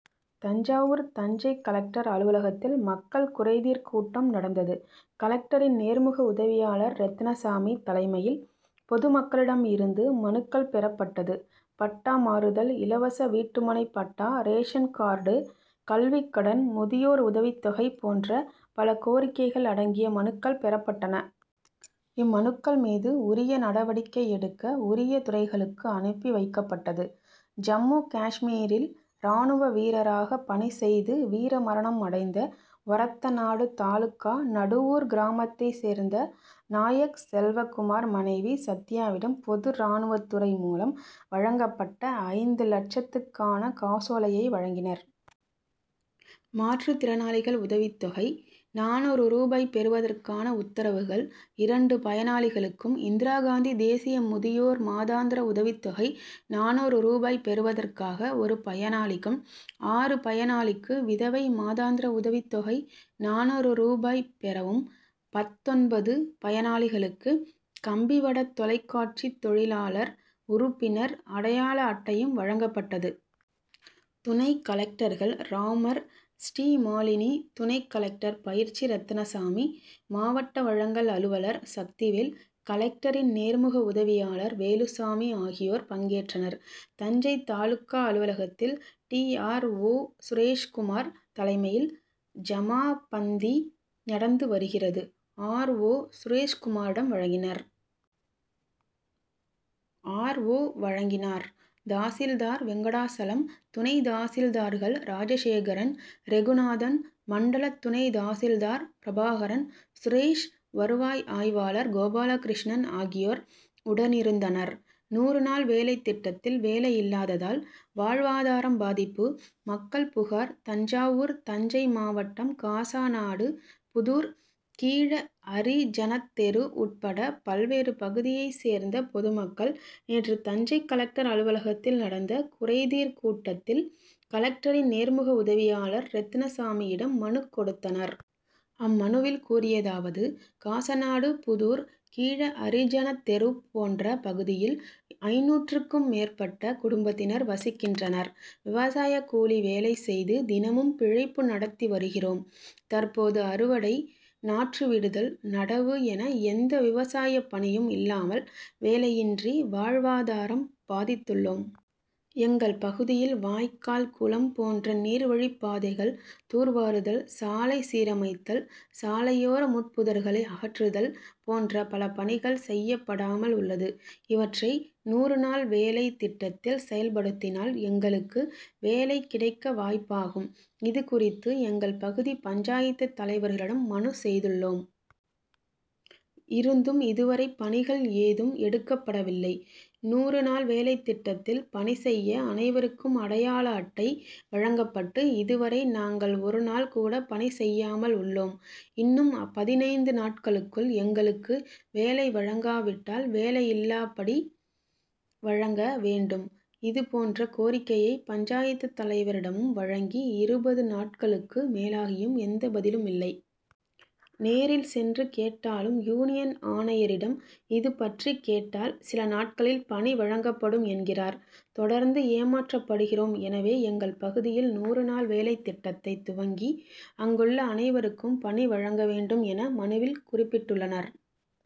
Thanjavur Thanjai collector அலுவலகத்தில் மக்கள் குறைதீர் கூட்டம் நடந்தது. கலெக்டரின் நேர்முக உதவியாளர் ரெத்தினசாமி தலைமையில் பொதுமக்களிடம் இருந்து மனுக்கள் பெறப்பட்டது. பட்டா மாறுதல், இலவச வீட்டுமனை பட்டா, ரேஷன் கார்டு, கல்விக்கடன், முதியோர் உதவித்தொகை போன்ற பல கோரிக்கைகள் அடங்கிய மனுக்கள் பெறப்பட்டன. இம்மனுக்கள் மீது உரிய நடவடிக்கை எடுக்க உரிய துறைகளுக்கு அனுப்பி வைக்கப்பட்டது. ஜம்மு காஷ்மீரில் ராணுவ வீரராக பணி செய்து வீரமரணம் அடைந்த ஒரத்தநாடு தாலுகா நடுவூர் கிராமத்தைச் சேர்ந்த நாயக்செல்வகுமார் மனைவி சத்யாவிடம் பொது ராணுவத்துறை மூலம் வழங்கப்பட்ட ஐந்து லட்சத்துக்கான காசோலையை வழங்கினர். மாற்றுத்திறனாளிகள் உதவித்தொகை நானூறு ரூபாய் பெறுவதற்கான உத்தரவுகள் இரண்டு பயனாளிகளுக்கும், இந்திராகாந்தி தேசிய முதியோர் மாதாந்திர உதவித்தொகை நானூறு ரூபாய் பெறுவதற்காக ஒரு பயனாளிக்கும், ஆறு பயனாளிக்கு விதவை மாதாந்திர உதவித்தொகை நானூறு ரூபாய் பெறவும், பத்தொன்பது பயனாளிகளுக்கு கம்பிவட தொலைக்காட்சி தொழிலாளர் உறுப்பினர் அடையாள அட்டையும் வழங்கப்பட்டது. துணை கலெக்டர்கள் ராமர், ஸ்ரீமாலினி, துணை கலெக்டர் பயிற்சி ரத்தினசாமி, மாவட்ட வழங்கல் அலுவலர் சக்திவேல், கலெக்டரின் நேர்முக உதவியாளர் வேலுசாமி ஆகியோர் பங்கேற்றனர். தஞ்சை தாலுகா அலுவலகத்தில் டி. ஆர். ஓ., சுரேஷ்குமார் தலைமையில் ஜமாபந்தி நடந்து வருகிறது. ஆர். ஓ., சுரேஷ்குமாரிடம் வழங்கினர். ஆர். ஓ., வழங்கினார். தாசில்தார் வெங்கடாசலம், துணை தாசில்தார்கள் ராஜசேகரன், ரெகுநாதன், மண்டல துணை தாசில்தார் பிரபாகரன், சுரேஷ், வருவாய் ஆய்வாளர் கோபாலகிருஷ்ணன் ஆகியோர் உடனிருந்தனர். நூறு நாள் வேலை திட்டத்தில் வேலையில்லாததால் வாழ்வாதாரம் பாதிப்பு: மக்கள் புகார் தஞ்சாவூர் தஞ்சை மாவட்டம் காசாநாடு புதூர் கீழஅரிஜனத்தெரு உட்பட பல்வேறு பகுதியைச் சேர்ந்த பொதுமக்கள் நேற்று தஞ்சை கலெக்டர் அலுவலகத்தில் நடந்த குறைதீர் கூட்டத்தில் கலெக்டரின் நேர்முக உதவியாளர் ரெத்தினசாமியிடம் மனுக்கொடுத்தனர். அம்மனுவில் கூறியதாவது: காசநாடு புதூர், கீழ அரிஜன தெரு போன்ற பகுதியில் ஐந்நூற்றுக்கும் மேற்பட்ட குடும்பத்தினர் வசிக்கின்றனர். விவசாய கூலி வேலை செய்து தினமும் பிழைப்பு நடத்தி வருகிறோம். தற்போது அறுவடை, நாற்றுவிடுதல், நடவு என எந்த விவசாய பணியும் இல்லாமல் வேலையின்றி வாழ்வாதாரம் பாதித்துள்ளோம். எங்கள் பகுதியில் வாய்கால், குளம் போன்ற நீர்வழிப்பாதைகள் தூர்வாருதல், சாலை சீரமைத்தல், சாலையோர முட்புதர்களை அகற்றுதல் போன்ற பல பணிகள் செய்யப்படாமல் உள்ளது. இவற்றை நூறு நாள் வேலை திட்டத்தில் செயல்படுத்தினால், எங்களுக்கு வேலை கிடைக்க வாய்ப்பாகும். இதுகுறித்து, எங்கள் பகுதி பஞ்சாயத்து தலைவர்களிடம் மனுச் செய்துள்ளோம். இருந்தும், இதுவரை பணிகள் ஏதும் எடுக்கப்படவில்லை. நூறு நாள் வேலை திட்டத்தில் பணி செய்ய அனைவருக்கும் அடையாள அட்டை வழங்கப்பட்டு, இதுவரை நாங்கள் ஒரு நாள் கூட பணி செய்யாமல் உள்ளோம். இன்னும் பதினைந்து நாட்களுக்குள் எங்களுக்கு வேலை வழங்காவிட்டால் வேலையில்லாப்படி வழங்க வேண்டும். இதுபோன்ற கோரிக்கையை பஞ்சாயத்து தலைவரிடமும் வழங்கி இருபது நாட்களுக்கு மேலாகியும் எந்த பதிலும் இல்லை. நேரில் சென்று கேட்டாலும், யூனியன் ஆணையரிடம் இதுபற்றி கேட்டால் சில நாட்களில் பணி வழங்கப்படும் என்கிறார். தொடர்ந்து ஏமாற்றப்படுகிறோம். எனவே, எங்கள் பகுதியில் நூறு நாள் வேலைத்திட்டத்தை துவங்கி அங்குள்ள அனைவருக்கும் பணி வழங்க வேண்டும், என மனுவில் குறிப்பிட்டுள்ளனர்.